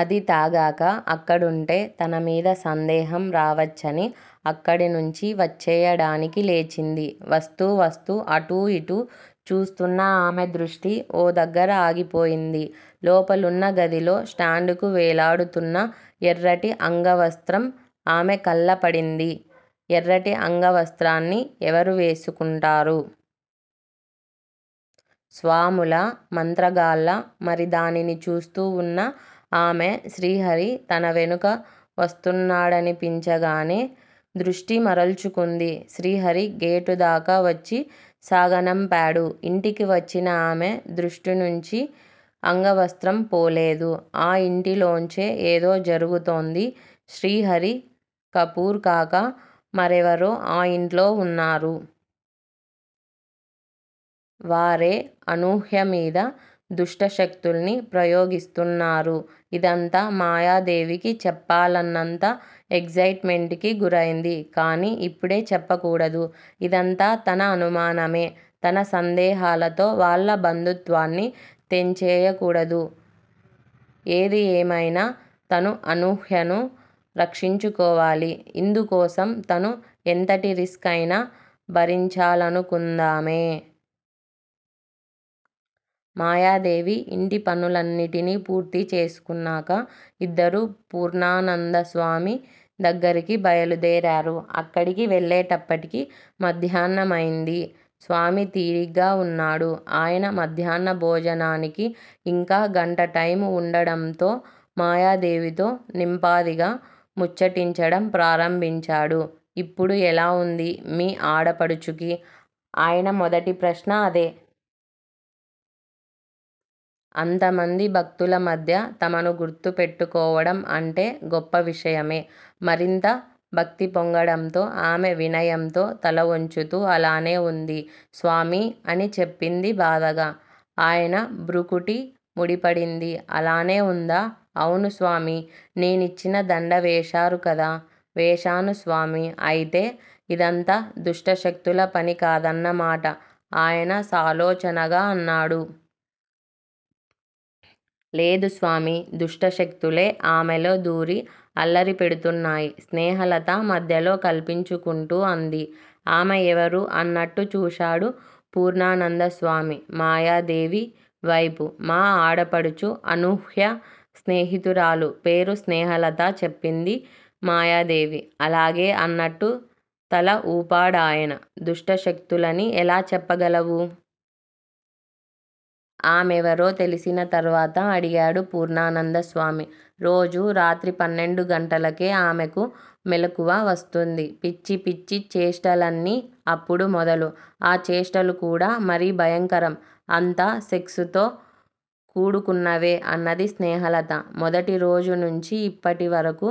అది తాగాక అక్కడుంటే తనమీద సందేహం రావచ్చని అక్కడి నుంచి వచ్చెయ్యడానికి లేచింది. వస్తూ- వస్తూ అటూ- ఇటూ చూస్తున్న ఆమె దృష్టి ఓ దగ్గర ఆగిపోయింది. లోపలున్న గదిలో స్టాండ్ కు వేలాడుతున్న ఎర్రటి అంగవస్త్రం ఆమె కళ్ళ పడింది. ఎర్రటి అంగవస్త్రాన్ని ఎవరు వేసుకుంటారు? స్వాములా? మంత్రగాళ్ళా? మరి దానిని చూస్తూ వున్న ఆమె శ్రీహరి తన వెనుక వస్తున్నాడనిపించగానే దృష్టి మరల్చుకుంది. శ్రీహరి గేటుదాకా వచ్చి సాగనంపాడు. ఇంటికి వచ్చినా ఆమె దృష్టి నుంచి అంగవస్త్రం పోలేదు. ఆ ఇంటిలోంచే ఏదో జరుగుతోంది. శ్రీహరి, కపూర్ కాక మరెవరో ఆ యింట్లో వున్నారు. వారే అనూహ్యమీద దుష్టశక్తుల్ని ప్రయోగిస్తున్నారు. ఇదంతా మాయాదేవికి చెప్పాలన్నంత ఎగ్జయిట్ మెంట్ కి గురయింది. కానీ ఇప్పుడే చెప్పకూడదు. ఇదంతా తన అనుమానమే. తన సందేహాలతో వాళ్ళ బంధుత్వాన్ని తెంచేయకూడదు. ఏది ఏమైనా తను అనూహ్యను రక్షించుకోవాలి. ఇందుకోసం తను ఎంతటి రిస్క్ అయినా భరించాలనుకుందామె. మాయాదేవి ఇంటిపనులన్నిటినీ పూర్తి చేసుకున్నాక ఇద్దరూ పూర్ణానందస్వామి దగ్గరికి బయలుదేరారు. అక్కడికి వెళ్ళేటప్పటికి మాధ్యాహ్నమైంది. స్వామి తీరిగ్గా వున్నాడు. ఆయన మధ్యాహ్న భోజనానికి ఇంకా గంట టైము వుండడంతో మాయాదేవితో నింపాదిగా ముచ్చటించడం ప్రారంభించాడు. ఇప్పుడు ఎలా వుంది మీ ఆడపడుచుకి? ఆయన మొదటి ప్రశ్న అదే. అంతమంది భక్తుల మధ్య తమను గుర్తుపెట్టుకోవడం అంటే గొప్ప విషయమే. మరింత భక్తి పొంగడంతో ఆమె వినయంతో తల వొంచుతూ అలానే వుంది స్వామీ అని చెప్పింది బాధగా. ఆయన భృకుటి ముడిపడింది. అలానే వుందా? అవును స్వామీ! నేనిచ్చిన దండ వేశారు కదా! వేశాను స్వామీ అయితే ఇదంతా దుష్టశక్తుల పని కాదన్న మాట ఆయన సాలోచనగా అన్నాడు. లేదు స్వామీ! దుష్టశక్తులే ఆమెలో దూరి అల్లరి పెడుతున్నాయి స్నేహలత మధ్యలో కల్పించుకుంటూ అంది. ఆమె ఎవరు అన్నట్టు చూశాడు పూర్ణానందస్వామి మాయాదేవి వైపు మా ఆడపడుచు అనూహ్య స్నేహితురాలు- పేరు స్నేహలత చెప్పింది మాయాదేవి. అలాగే అన్నట్టు తల వూపాడాయన. దుష్టశక్తులని ఎలా చెప్పగలవు? ఆమెవరో తెలిసిన తరువాత అడిగాడు పూర్ణానందస్వామి. రోజూ రాత్రి పన్నెండుగంటలకే ఆమెకు మెలకువ వస్తుంది. పిచ్చి పిచ్చి చేష్టలన్నీ అప్పుడు మొదలు. ఆ చేష్టలు కూడా మరీ భయంకరం. అంతా సెక్స్ తో కూడుకున్నవే అన్నది స్నేహలత. మొదటి రోజునుంచీ ఇప్పటివరకు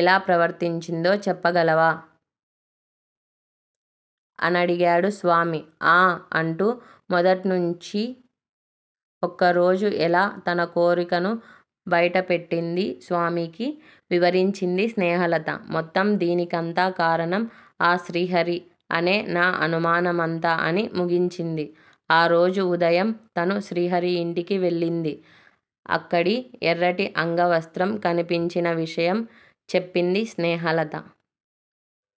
ఎలా ప్రవర్తించిందో చెప్పగలవా? అడిగాడు స్వామి. ఆఁ అంటూ మొదట్నుంచీ ఒక్కరోజు ఎలా తన కోరికను బయటపెట్టిందీ స్వామికి వివరించింది స్నేహలత. మొత్తం దీనికంతా కారణం ఆ శ్రీహరి అనే నా అనుమానమంతా అని ముగించింది. ఆరోజు ఉదయం తను శ్రీహరి ఇంటికి వెళ్ళిందీ, అక్కడి ఎర్రటి అంగవస్త్రం కనిపించిన విషయం చెప్పింది స్నేహలత.